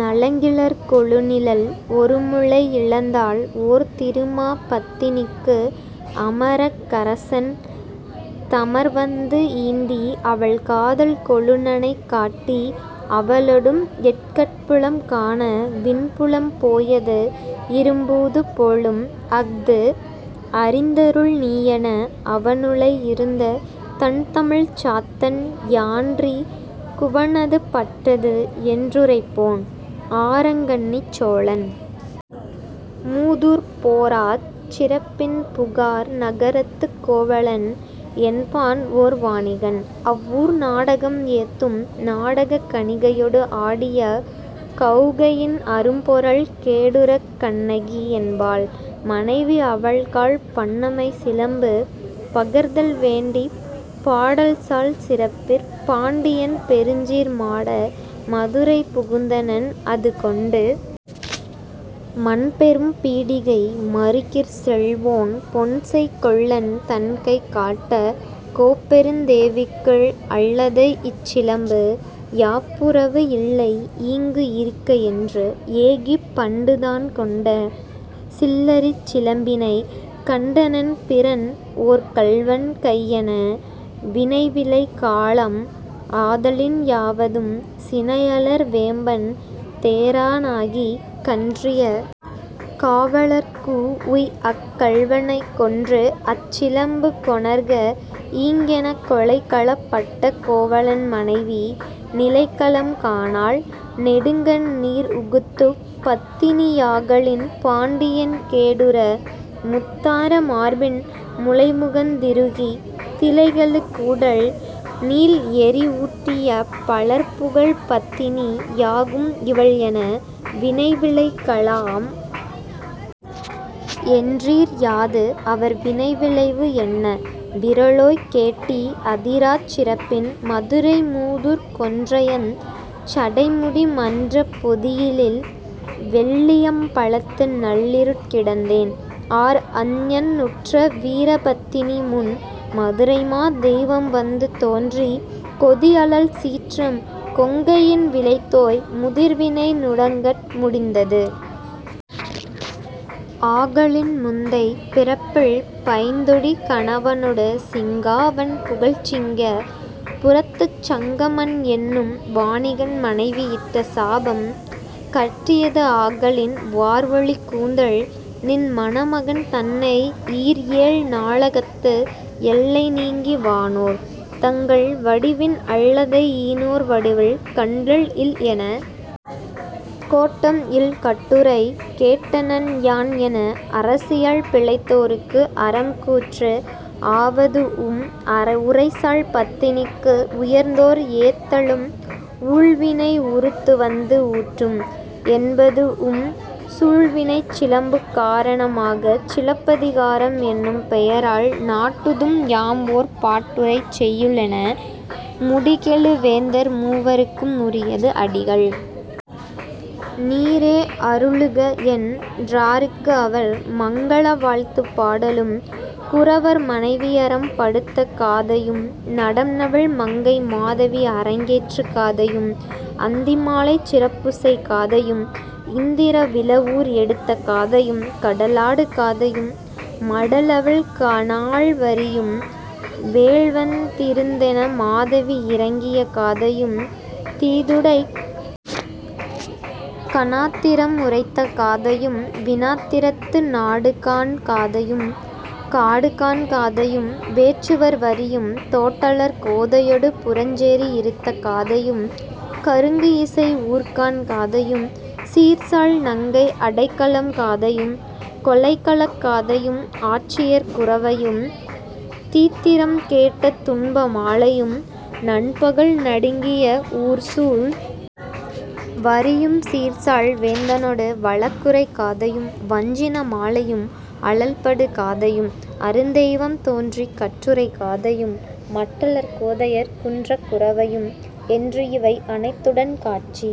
நலங்கிளர் கொழுநிழல் ஒருமுலை இழந்தாள்ஓர் திருமா பத்தினிக்கு அமரர்க்கு அரசன் தமர்வந்து ஈண்டிஅவள் காதல் கொழுநனைக் காட்டி அவளொடுஎம் கட்புலம் காண விண்புலம் போயது இறும்பூது போலும்அஃது அறிந்தருள் நீயென, அவனுழை இருந்த தண்தமிழ்ச் சாத்தன் யான்அறி குவன்அது பட்டதுஎன் றுரைப்போன்: ஆரங் கண்ணிச் சோழன் மூதூர்ப் பேராச் சிறப்பின் புகார்நக ரத்துக் கோவலன் என்பான்ஓர் வாணிகன் அவ்வூர் நாடகம் ஏத்தும் நாடகக் கணிகையொடு ஆடிய கொள்கையின் அரும்பொருள் கேடுறக் கண்ணகி என்பாள் மனைவி அவள்கால் பண்ணமை சிலம்பு பகர்தல் வேண்டிப் பாடல்சால் சிறப்பிற் பாண்டியன் பெருஞ்சீர் மாட மதுரை புகுந்தனன், அதுகொண்டு மன்பெரும் பீடிகை மறுகிற் செல்வோன் பொன்செய் கொல்லன் தன்கைக் காட்டக் கோப்பெருந் தேவிக்கு அல்லதை இச்சிலம்பு யாப்புறவு இல்லைஈங்கு இருக்கயென்று ஏகிப் பண்டுதான் கொண்ட சில்லரிச் சிலம்பினைக் கண்டனன் பிறன்ஓர் கள்வன் கையென, வினைவிளை காலம் ஆதலின் யாவதும் சினையலர் வேம்பன் தேரா னாகிக் கன்றிய காவலர்க் கூஉய்அக் கள்வனைக் கொன்றுஅச் சிலம்பு கொணர்க ஈங்கெனக் கொலைக்களப் பட்ட கோவலன் மனைவி நிலைக்களம் காணாள் நெடுங்கண் நீர்உகுத்துப் பத்தினி யாகலின் பாண்டியன் கேடுற முத்தார மார்பின் முலைமுகந் திருகி நிலைகெழு கூடல் நீள்எரி ஊட்டிய பலர்புகழ் பத்தினி யாகும் இவள்என, வினைவிளை காலம் என்றீர் யாதுஅவர் வினைவிளைவு என்ன, விறலோய் கேட்டி அதிராச் சிறப்பின் மதுரை மூதூர்க் கொன்றையஞ் சடைமுடி மன்றப் பொதியிலில் வெள்ளியம் பலத்து நள்ளிருட் கிடந்தேன் ஆர்அஞர் உற்ற வீரபத் தினிமுன் மதுரைமா தெய்வம் வந்து தோன்றிக் கொதியழல் சீற்றம் கொங்கையின் விளைத்தோய் முதிர்வினை நுங்கட்கு முடிந்தது ஆகலின் முந்தைப் பிறப்பில் பைந்தொடி கணவனொடு சிங்கா வண்புகழ்ச் சிங்க புரத்துச் சங்கமன் என்னும் வாணிகன் மனைவி இட்ட சாபம் கட்டியது ஆகலின் வார்ஒலி கூந்தல்நின் மணமகன் தன்னை ஈர்ஏழ் நாளகத்து எல்லை நீங்கி வானோர் தங்கள் வடிவின் அல்லதை ஈனோர் வடிவில் காண்டல் இல்எனக் கோட்டம்இல் கட்டுரை கேட்டனன் யான்என, அரைசியல் பிழைத்தோர்க்கு அறம்கூற்று ஆவதூஉம் உரைசால் பத்தினிக்கு உயர்ந்தோர் ஏத்தலும் ஊழ்வினை உருத்துவந்து ஊட்டும் என்பதூஉம் சூழ்வினைச் சிலம்பு காரண மாகச் சிலப்பதி காரம் என்னும் பெயரால் நாட்டுதும் யாம்ஓர் பாட்டுடைச் செய்யுள்என, முடிகெழு வேந்தர் மூவர்க்கும் உரியது அடிகள் நீரே அருளுகஎன் றார்க்குஅவர், மங்கல வாழ்த்துப் பாடலும், குரவர் மனையறம் படுத்த காதையும், நடம்நவில் மங்கை மாதவி அரங்கேற்று காதையும், அந்தி மாலைச் சிறப்புசெய் காதையும், இந்திர விழவூர் எடுத்த காதையும், கடலாடு காதையும், மடல்அவிழ் கானல்வரியும், வேனில்வந் திறுத்தென மாதவி இரங்கிய காதையும், தீதுடைக் கனாத்திறம் உரைத்த காதையும், வினாத்திறத்து நாடுகாண் காதையும், காடுகாண் காதையும், வேட்டுவர் வரியும், தோட்டலர் கோதையொடு புறஞ்சேரி இறுத்த காதையும், கறங்குஇசை ஊர்க்காண் காதையும், சீர்சால் நங்கை அடைக்கலக் காதையும், கொலைக்களக் காதையும், ஆய்ச்சியர் குரவையும், தீத்திறம் கேட்ட துன்ப மாலையும், நண்பகல் நடுங்கிய ஊர்சூழ் வரியும், சீர்சால் வேந்தனொடு வழக்குரை காதையும், வஞ்சின மாலையும், அழல்படு காதையும், அருந்தெய்வம் தோன்றிக் கட்டுரை காதையும், மட்டலர் கோதையர் குன்றக் குரவையும், என்றுஇவை அனைத்துடன் காட்சி,